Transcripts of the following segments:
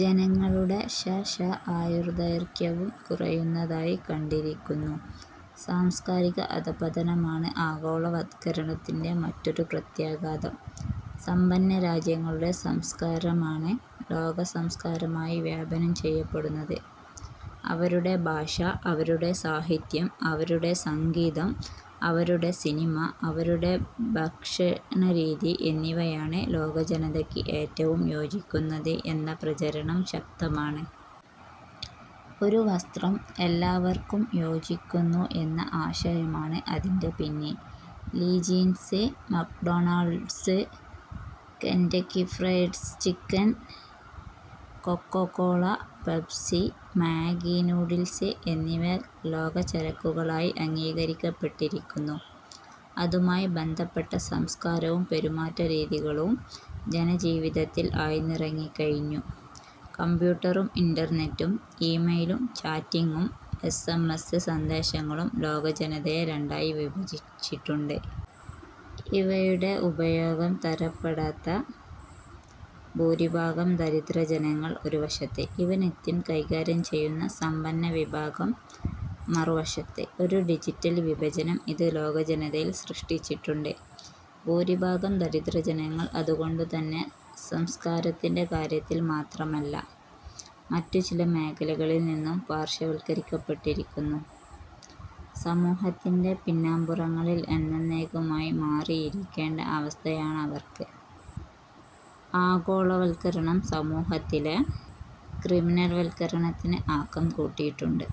ജനങ്ങളുടെ ശ. ശ. ആയുർദൈർഘ്യവും കുറയുന്നതായി കണ്ടിരിക്കുന്നു. സാംസ്കാരിക അധഃപതനമാണ് ആഗോളവത്കരണത്തിന്റെ മറ്റൊരു പ്രത്യാഘാതം. സമ്പന്നരാജ്യങ്ങളുടെ സംസ്കാരമാണ് ലോകസംസ്കാരമായി വ്യാപനം ചെയ്യപ്പെടുന്നത്. അവരുടെ ഭാഷ, അവരുടെ സാഹിത്യം, അവരുടെ സംഗീതം, അവരുടെ സിനിമ, അവരുടെ ഭക്ഷണരീതി എന്നിവയാണ് ലോകജനതയ്ക്ക് ഏറ്റവും യോജിക്കുന്നത് എന്ന പ്രചരണം ശക്തമാണ്. "ഒരു വസ്ത്രം എല്ലാവർക്കും യോജിക്കുന്നു എന്ന ആശയമാണ് അതിന്റെ പിന്നിൽ. Lee Jeans, McDonald's, Kentucky Fried chicken, Coca Cola, Pepsi, Maggi noodles എന്നിവ ലോകചരക്കുകളായി അംഗീകരിക്കപ്പെട്ടിരിക്കുന്നു. അതുമായി ബന്ധപ്പെട്ട സംസ്കാരവും പെരുമാറ്റരീതികളും ജനജീവിതത്തിൽ ആഴ്ന്നിറങ്ങിക്കഴിഞ്ഞു. കംപ്യൂട്ടറും, ഇന്റർനെറ്റും, ഇ-മെയിലും, ചാറ്റിങ്ങും, എസ്. എം. എസ്. സന്ദേശങ്ങളും ലോകജനതയെ രണ്ടായി വിഭജിച്ചിട്ടുണ്ട്. ഇവയുടെ ഉപയോഗം തരപ്പെടാത്ത ഭൂരിഭാഗം ദരിദ്രജനങ്ങൾ ഒരുവശത്ത്, ഇവ നിത്യം കൈകാര്യം ചെയ്യുന്ന സമ്പന്നവിഭാഗം മറുവശത്ത്. ഒരു ഡിജിറ്റൽ വിഭജനം ഇത് ലോകജനതയിൽ സൃഷ്ടിച്ചിട്ടുണ്ട്. ഭൂരിഭാഗം ദരിദ്രജനങ്ങൾ അതുകൊണ്ടുതന്നെ സംസ്ക്കാരത്തിന്റെ കാര്യത്തിൽ മാത്രമല്ല, മറ്റുചില മേഖലകളിൽനിന്നും പാർശ്വവത്കരിക്കപ്പെട്ടിരിക്കുന്നു. സമൂഹത്തിന്റെ പിന്നാംപുറങ്ങളിൽ എന്നെന്നേക്കുമായി മാറിയിരിക്കേണ്ട അവസ്ഥയാണവർക്ക്. ആഗോളവത്കരണം സമൂഹത്തിലെ ക്രിമിനൽവത്കരണത്തിന് ആക്കംകൂട്ടിയിട്ടുണ്ട്.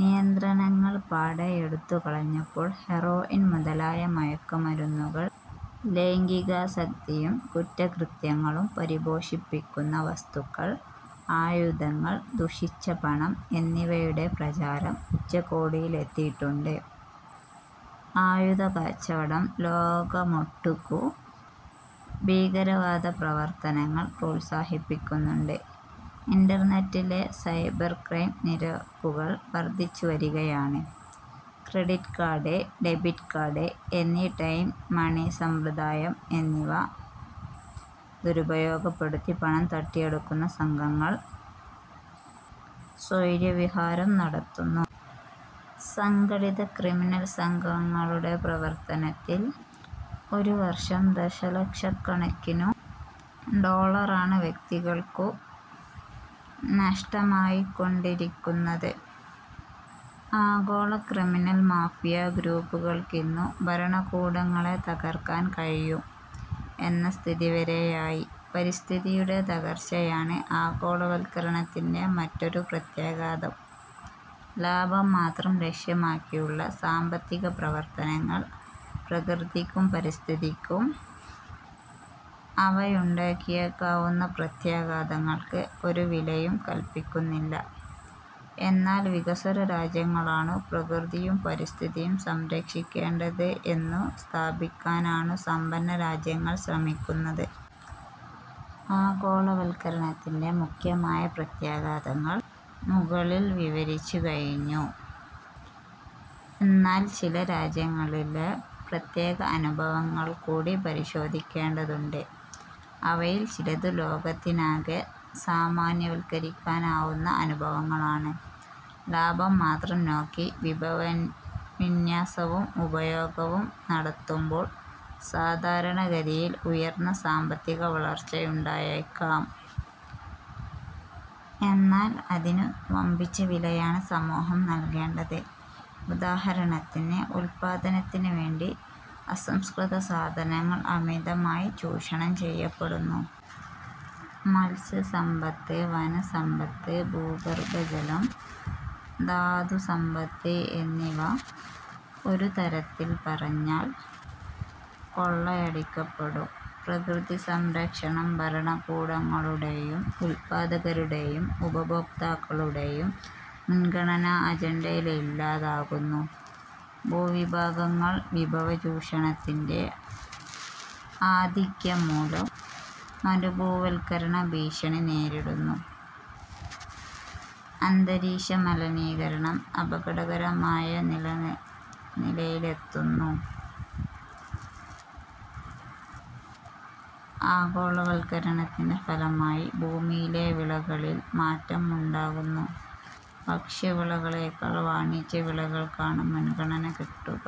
നിയന്ത്രണങ്ങൾ പാടെയെടുത്തു കളഞ്ഞപ്പോൾ ഹെറോയിൻ മുതലായ മയക്കുമരുന്നുകൾ, ലൈംഗികാസക്തിയും കുറ്റകൃത്യങ്ങളും പരിപോഷിപ്പിക്കുന്ന വസ്തുക്കൾ, ആയുധങ്ങൾ, ദുഷിച്ച പണം എന്നിവയുടെ പ്രചാരം ഉച്ചകോടിലെത്തിയിട്ടുണ്ട്. ആയുധക്കച്ചവടം ലോകമൊട്ടുക്കു ഭീകരവാദപ്രവർത്തനങ്ങൾ പ്രോത്സാഹിപ്പിക്കുന്നുണ്ട്. ഇന്റർനെറ്റിലെ സൈബർക്രൈം നിരക്കുകൾ വർധിച്ചുവരികയാണ്. Credit card, debit card, anytime മണിസമ്പ്രദായം എന്നിവ ദുരുപയോഗപ്പെടുത്തി പണം തട്ടിയെടുക്കുന്ന സംഘങ്ങൾ സ്വൈരവിഹാരം നടത്തുന്നു. സംഘടിത ക്രിമിനൽസംഘങ്ങളുടെ പ്രവർത്തനത്തിൽ ഒരുവർഷം ദശലക്ഷക്കണക്കിനു ഡോളറാണ് വ്യക്തികൾക്കു നഷ്ടമായിക്കൊണ്ടിരിക്കുന്നത്. ആഗോളക്രിമിനൽ മാഫിയഗ്രൂപ്പുകൾക്കിന്നു ഭരണകൂടങ്ങളെ തകർക്കാൻ കഴിയും എന്ന സ്ഥിതിവരെയായി. പരിസ്ഥിതിയുടെ തകർച്ചയാണ് ആഗോളവത്കരണത്തിന്റെ മറ്റൊരു പ്രത്യാഘാതം. ലാഭം മാത്രം ലക്ഷ്യമാക്കിയുള്ള സാമ്പത്തികപ്രവർത്തനങ്ങൾ പ്രകൃതിക്കും പരിസ്ഥിതിക്കും അവയുണ്ടാക്കിയേക്കാവുന്ന പ്രത്യാഘാതങ്ങൾക്ക് ഒരു വിലയും കല്പിക്കുന്നില്ല. എന്നാൽ വികസ്വരരാജ്യങ്ങളാണു പ്രകൃതിയും പരിസ്ഥിതിയും സംരക്ഷിക്കേണ്ടത് എന്നു സ്ഥാപിക്കാനാണു സമ്പന്നരാജ്യങ്ങൾ ശ്രമിക്കുന്നത്. ആഗോളവത്കരണത്തിന്റെ മുഖ്യമായ പ്രത്യാഘാതങ്ങൾ മുകളിൽ വിവരിച്ചുകഴിഞ്ഞു. എന്നാൽ ചില രാജ്യങ്ങളിലെ പ്രത്യേക അനുഭവങ്ങൾകൂടി പരിശോധിക്കേണ്ടതുണ്ട്. അവയിൽ ചിലതു ലോകത്തിനാകെ സാമാന്യവത്കരിക്കാനാവുന്ന അനുഭവങ്ങളാണ്. ലാഭം മാത്രം നോക്കി വിഭവവിന്യാസവും ഉപയോഗവും നടത്തുമ്പോൾ സാധാരണഗതിയിൽ ഉയർന്ന സാമ്പത്തികവളർച്ചയുണ്ടായേക്കാം. എന്നാൽ അതിനു വമ്പിച്ച വിലയാണ് സമൂഹം നൽകേണ്ടത്. ഉദാഹരണത്തിന് ഉത്പാദനത്തിനുവേണ്ടി അസംസ്കൃത സാധനങ്ങൾ അമിതമായി ചൂഷണം ചെയ്യപ്പെടുന്നു. മത്സ്യസമ്പത്ത്, വനസമ്പത്ത്, ഭൂഗർഭജലം, ധാതുസമ്പത്ത് എന്നിവ ഒരു തരത്തിൽ പറഞ്ഞാൽ കൊള്ളയടിക്കപ്പെടും. പ്രകൃതിസംരക്ഷണം ഭരണകൂടങ്ങളുടെയും ഉത്പാദകരുടെയും ഉപഭോക്താക്കളുടെയും മുൻഗണനാ അജൻഡയിലില്ലാതാകുന്നു. ഭൂവിഭാഗങ്ങൾ വിഭവചൂഷണത്തിന്റെ ആധിക്യംമൂലം മരുഭൂവൽക്കരണ ഭീഷണി നേരിടുന്നു. അന്തരീക്ഷമലനീകരണം അപകടകരമായ നിലയിലെത്തുന്നു. ആഗോളവത്കരണത്തിന്റെ ഫലമായി ഭൂമിയിലെ വിളകളിൽ മാറ്റം ഉണ്ടാകുന്നു. ഭക്ഷ്യവിളകളെക്കാൾ വാണിജ്യവിളകൾക്കാണ് മുൻഗണന കിട്ടുക.